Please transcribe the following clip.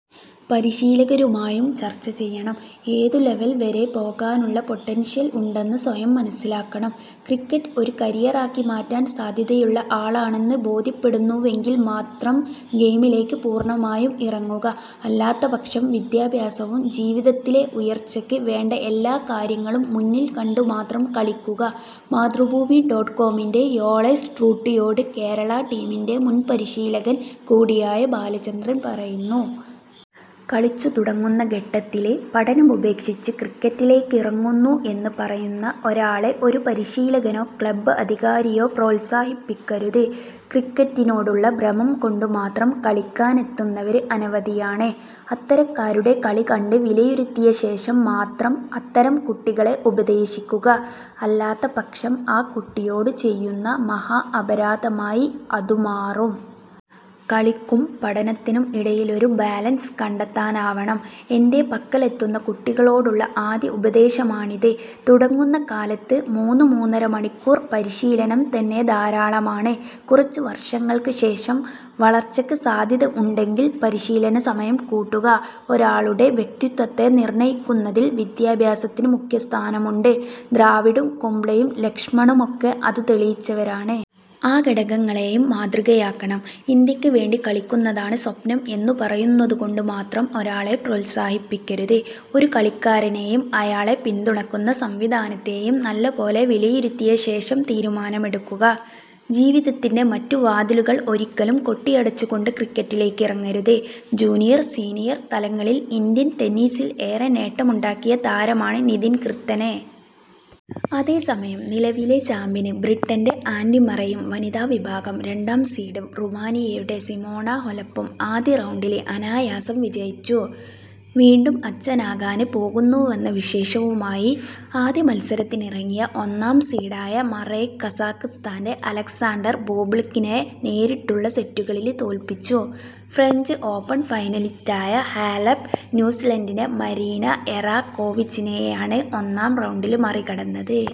പരിശീലകരുമായും ചര്ച്ച ചെയ്യണം. ഏതു ലെവല് വരെ പോകാനുള്ള പൊട്ടന്ഷ്യല് ഉണ്ടെന്ന് സ്വയം മനസ്സിലാക്കണം. ക്രിക്കറ്റ് ഒരു കരിയറാക്കി മാറ്റാന് സാധ്യതയുള്ള ആളാണെന്ന് ബോധ്യപ്പെടുന്നുവെങ്കില് മാത്രം ഗെയിമിലേക്ക് പൂര്ണമായി ഇറങ്ങുക. അല്ലാത്തപക്ഷം വിദ്യാഭ്യാസവും ജീവിതത്തില് ഉയര്ച്ചക്ക് വേണ്ട എല്ലാ കാര്യങ്ങളും മുന്നില് കണ്ടുമാത്രം കളിക്കുക'' മാതൃഭൂമി ഡോട്ട് കോമിന്റെ യൊഉര്സ് ട്രുല്യ് യോട് കേരളാ ടീമിന്റെ മുന്പരിശീലകന് കൂടിയായ ബാലചന്ദ്രന് പറയുന്നു. കളിച്ചു തുടങ്ങുന്ന ഘട്ടത്തില് പഠനമുപേക്ഷിച്ച് ക്രിക്കറ്റിലേക്കിറങ്ങുന്നു എന്ന് പറയുന്ന ഒരാളെ ഒരു പരിശീലകനോ ക്ലബ് അധികാരിയോ പ്രോത്സാഹിപ്പിക്കരുത്. ക്രിക്കറ്റിനോടുള്ള ഭ്രമം കൊണ്ടുമാത്രം കളിക്കാന് എത്തുന്നവര് അനവധിയാണ്. അത്തരക്കാരുടെ കളി കണ്ട് വിലയിരുത്തിയശേഷം മാത്രം അത്തരം കുട്ടികളെ ഉപദേശിക്കുക. അല്ലാത്തപക്ഷം ആ കുട്ടിയോടു ചെയ്യുന്ന മഹാഅപരാധമായി അതു മാറും. കളിക്കും പഠനത്തിനും ഇടയിലൊരു ബാലൻസ് കണ്ടെത്താനാവണം. എന്റെ പക്കലെത്തുന്ന കുട്ടികളോടുള്ള ആദ്യ ഉപദേശമാണിത്. തുടങ്ങുന്ന കാലത്ത് മൂന്നുമൂന്നര മണിക്കൂര് പരിശീലനം തന്നെ ധാരാളമാണ്. കുറച്ച് വര്ഷങ്ങള്ക്ക് ശേഷം വളര്ച്ചയ്ക്ക് സാധ്യത ഉണ്ടെങ്കില് പരിശീലന സമയം കൂട്ടുക. ഒരാളുടെ വ്യക്തിത്വത്തെ നിര്ണയിക്കുന്നതില് വിദ്യാഭ്യാസത്തിന് മുഖ്യസ്ഥാനമുണ്ട്. ദ്രാവിഡും കുംബ്ലെയും ലക്ഷ്മണുമൊക്കെ അതു തെളിയിച്ചവരാണ്. ആ ഘടകങ്ങളെയും മാതൃകയാക്കണം. ഇന്ത്യയ്ക്ക് വേണ്ടി കളിക്കുന്നതാണ് സ്വപ്നം എന്നു പറയുന്നതു കൊണ്ട് മാത്രം ഒരാളെ പ്രോത്സാഹിപ്പിക്കരുത്. ഒരു കളിക്കാരനെയും അയാളെ പിന്തുണയ്ക്കുന്ന സംവിധാനത്തെയും നല്ല പോലെ വിലയിരുത്തിയശേഷം തീരുമാനമെടുക്കുക. ജീവിതത്തിന്റെ മറ്റു വാതിലുകള് ഒരിക്കലും കൊട്ടിയടച്ചുകൊണ്ട് ക്രിക്കറ്റിലേക്കിറങ്ങരുത്. ജൂനിയര്, സീനിയര് തലങ്ങളില് ഇന്ത്യന് ടെന്നീസില് ഏറെ നേട്ടമുണ്ടാക്കിയ താരമാണ് നിതിന് കിര്താനെ. അതേസമയം നിലവിലെ ചാമ്പ്യന് ബ്രിട്ടന്റെ ആന്ഡി മറെയും വനിതാവിഭാഗം രണ്ടാം സീഡ് റുമാനിയയുടെ സിമോണ ഹാെലപ്പും ആദ്യ റൗണ്ടില് അനായാസം വിജയിച്ചു. വീണ്ടും അച്ഛനാകാന് പോകുന്നുവെന്ന വിശേഷവുമായി ആദ്യമത്സരത്തിനിറങ്ങിയ ഒന്നാം സീഡായ മറെ കസാഖ്സ്താന്റെ അലക്സാണ്ടര് ബൂബ്ലിക്കിനെ നേരിട്ടുള്ള സെറ്റുകളില് തോല്പിച്ചു. ഫ്രഞ്ച് ഓപ്പണ് ഫൈനലിസ്റ്റായ ഹാലെപ് ന്യൂസീലന്ഡിന്റെ മരീന എറാക്കോവിച്ചിനെയാണ് ഒന്നാം റൗണ്ടില് മറികടന്നത്.